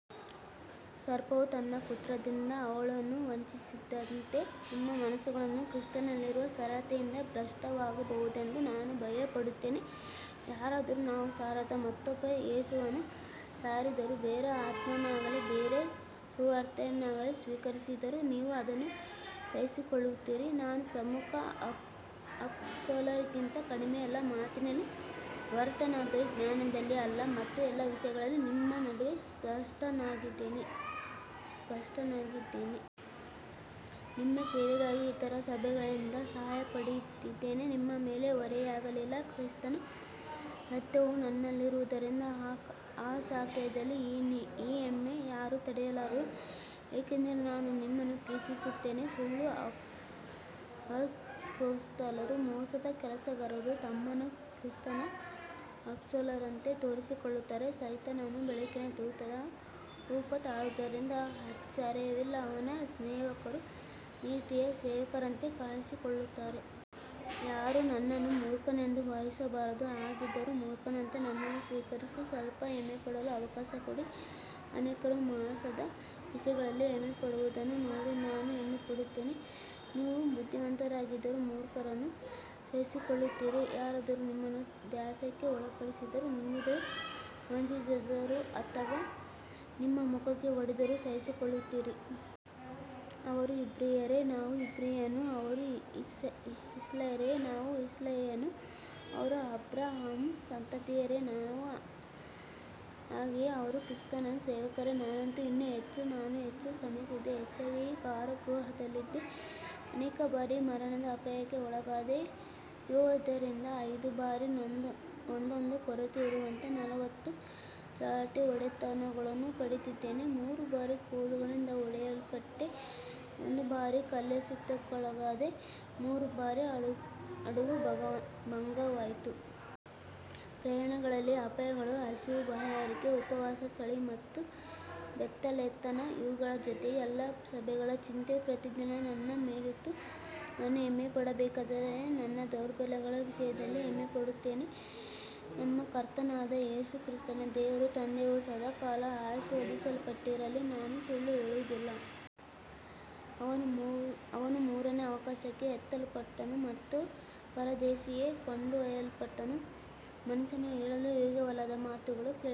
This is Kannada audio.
ಸರ್ಪವು ತನ್ನ ಕುತಂತ್ರದಿಂದ ಹವ್ವಳನ್ನು ವಂಚಿಸಿದಂತೆ ನಿಮ್ಮ ಮನಸ್ಸುಗಳು ಕ್ರಿಸ್ತನಲ್ಲಿರುವ ಸರಳತೆಯಿಂದ ಭ್ರಷ್ಟವಾಗಬಹುದೆಂದು ನಾನು ಭಯಪಡುತ್ತೇನೆ. ಯಾರಾದರೂ ನಾವು ಸಾರದ ಮತ್ತೊಬ್ಬ ಯೇಸುವನ್ನು ಸಾರಿದರೂ, ಬೇರೆ ಆತ್ಮವನ್ನಾಗಲಿ ಬೇರೆ ಸುವಾರ್ತೆಯನ್ನಾಗಲಿ ಸ್ವೀಕರಿಸಿದರೂ ನೀವು ಅದನ್ನು ಸಹಿಸಿಕೊಳ್ಳುತ್ತೀರಿ. ನಾನು ಪ್ರಮುಖ ಅಪೊಸ್ತಲರಿಗಿಂತ ಕಡಿಮೆಯಲ್ಲ, ಮಾತಿನಲ್ಲಿ ಒರಟನಾದರೂ ಜ್ಞಾನದಲ್ಲಿ ಅಲ್ಲ, ಮತ್ತು ಎಲ್ಲ ವಿಷಯಗಳಲ್ಲಿ ನಿಮ್ಮ ನಡುವೆ ಸ್ಪಷ್ಟನಾಗಿದ್ದೇನೆ. ನಿಮ್ಮ ಸೇವೆಗಾಗಿ ಇತರ ಸಭೆಗಳಿಂದ ಸಹಾಯ ಪಡೆದಿದ್ದೇನೆ, ನಿಮ್ಮ ಮೇಲೆ ಹೊರೆಯಾಗಲಿಲ್ಲ. ಕ್ರಿಸ್ತನ ಸತ್ಯವು ನನ್ನಲ್ಲಿರುವುದರಿಂದ ಅಖಾಯದಲ್ಲಿ ಈ ಹೆಮ್ಮೆ ಯಾರೂ ತಡೆಯಲಾರರು, ಏಕೆಂದರೆ ನಾನು ನಿಮ್ಮನ್ನು ಪ್ರೀತಿಸುತ್ತೇನೆ. ಸುಳ್ಳು ಅಪೊಸ್ತಲರು ಮೋಸದ ಕೆಲಸಗಾರರು, ತಮ್ಮನ್ನು ಕ್ರಿಸ್ತನ ಅಪೊಸ್ತಲರಂತೆ ತೋರಿಸಿಕೊಳ್ಳುತ್ತಾರೆ. ಸೈತಾನನು ಬೆಳಕಿನ ದೂತನ ರೂಪ ತಾಳುವುದರಲ್ಲಿ ಆಶ್ಚರ್ಯವಿಲ್ಲ, ಅವನ ಸೇವಕರೂ ನೀತಿಯ ಸೇವಕರಂತೆ ಕಾಣಿಸಿಕೊಳ್ಳುತ್ತಾರೆ. ಯಾರೂ ನನ್ನನ್ನು ಮೂರ್ಖನೆಂದು ಭಾವಿಸಬಾರದು, ಹಾಗಿದ್ದರೂ ಮೂರ್ಖನಂತೆ ನನ್ನನ್ನು ಸ್ವೀಕರಿಸಿ ಸ್ವಲ್ಪ ಹೆಮ್ಮೆಪಡಲು ಅವಕಾಶ ಕೊಡಿ. ಅನೇಕರು ಮಾಂಸದ ವಿಷಯಗಳಲ್ಲಿ ಹೆಮ್ಮೆಪಡುವುದನ್ನು ನೋಡಿ ನಾನೂ ಹೆಮ್ಮೆಪಡುತ್ತೇನೆ. ನೀವು ಬುದ್ಧಿವಂತರಾಗಿದ್ದರೂ ಮೂರ್ಖರನ್ನು ಸಹಿಸಿಕೊಳ್ಳುತ್ತೀರಿ, ಯಾರಾದರೂ ನಿಮ್ಮನ್ನು ದಾಸ್ಯಕ್ಕೆ ಒಳಪಡಿಸಿದರೂ, ನುಂಗಿದರೂ, ವಂಚಿಸಿದರೂ ಅಥವಾ ನಿಮ್ಮ ಮುಖಕ್ಕೆ ಹೊಡೆದರೂ ಸಹಿಸಿಕೊಳ್ಳುತ್ತೀರಿ. ಅವರು ಇಬ್ರಿಯರೇ, ನಾನೂ ಇಬ್ರಿಯನು, ಅವರು ಇಸ್ರಾಯೇಲ್ಯರೇ, ನಾನೂ ಇಸ್ರಾಯೇಲ್ಯನು, ಅವರು ಅಬ್ರಹಾಮನ ಸಂತತಿಯವರೇ, ನಾನೂ ಹಾಗೆಯೇ. ಅವರು ಕ್ರಿಸ್ತನ ಸೇವಕರೇ, ನಾನಂತೂ ಇನ್ನೂ ಹೆಚ್ಚು, ನಾನು ಹೆಚ್ಚು ಶ್ರಮಿಸಿದೆ, ಹೆಚ್ಚಾಗಿ ಕಾರಾಗೃಹದಲ್ಲಿದ್ದೆ, ಅನೇಕ ಬಾರಿ ಮರಣದ ಅಪಾಯಕ್ಕೆ ಒಳಗಾದೆ. ಯೆಹೂದ್ಯರಿಂದ ಐದು ಬಾರಿ ಒಂದೊಂದು ಕೊರತೆ ಇರುವಂತೆ ನಲವತ್ತು ಚಾಟಿ ಹೊಡೆತಗಳನ್ನು ಪಡೆದಿದ್ದೇನೆ, ಮೂರು ಬಾರಿ ಕೋಲುಗಳಿಂದ ಹೊಡೆಯಲ್ಪಟ್ಟೆ, ಒಂದು ಬಾರಿ ಕಲ್ಲೆಸೆತಕ್ಕೊಳಗಾದೆ, ಮೂರು ಬಾರಿ ಹಡಗುಭಂಗವಾಯಿತು. ಪ್ರಯಾಣಗಳಲ್ಲಿ ಅಪಾಯಗಳು, ಹಸಿವು, ಬಾಯಾರಿಕೆ, ಉಪವಾಸ, ಚಳಿ ಮತ್ತು ಬೆತ್ತಲೆತನ ಇವುಗಳ ಜೊತೆಗೆ ಎಲ್ಲ ಸಭೆಗಳ ಚಿಂತೆಯೂ ಪ್ರತಿದಿನ ನನ್ನ ಮೇಲಿತ್ತು. ನಾನು ಹೆಮ್ಮೆಪಡಬೇಕಾದರೆ ನನ್ನ ದೌರ್ಬಲ್ಯಗಳ ವಿಷಯದಲ್ಲೇ ಹೆಮ್ಮೆಪಡುತ್ತೇನೆ. ನಮ್ಮ ಕರ್ತನಾದ ಯೇಸು ಕ್ರಿಸ್ತನ ದೇವರೂ ತಂದೆಯೂ ಸದಾಕಾಲ ಆಶೀರ್ವದಿಸಲ್ಪಟ್ಟಿರಲಿ, ನಾನು ಸುಳ್ಳು ಹೇಳುವುದಿಲ್ಲ. ಅವನು ಮೂರನೇ ಆಕಾಶಕ್ಕೆ ಎತ್ತಲ್ಪಟ್ಟನು ಮತ್ತು ಪರದೈಸಿಗೆ ಕೊಂಡೊಯ್ಯಲ್ಪಟ್ಟು ಮನುಷ್ಯನು ಹೇಳಲು ಯೋಗ್ಯವಲ್ಲದ ಮಾತುಗಳನ್ನು ಕೇಳಿದನು.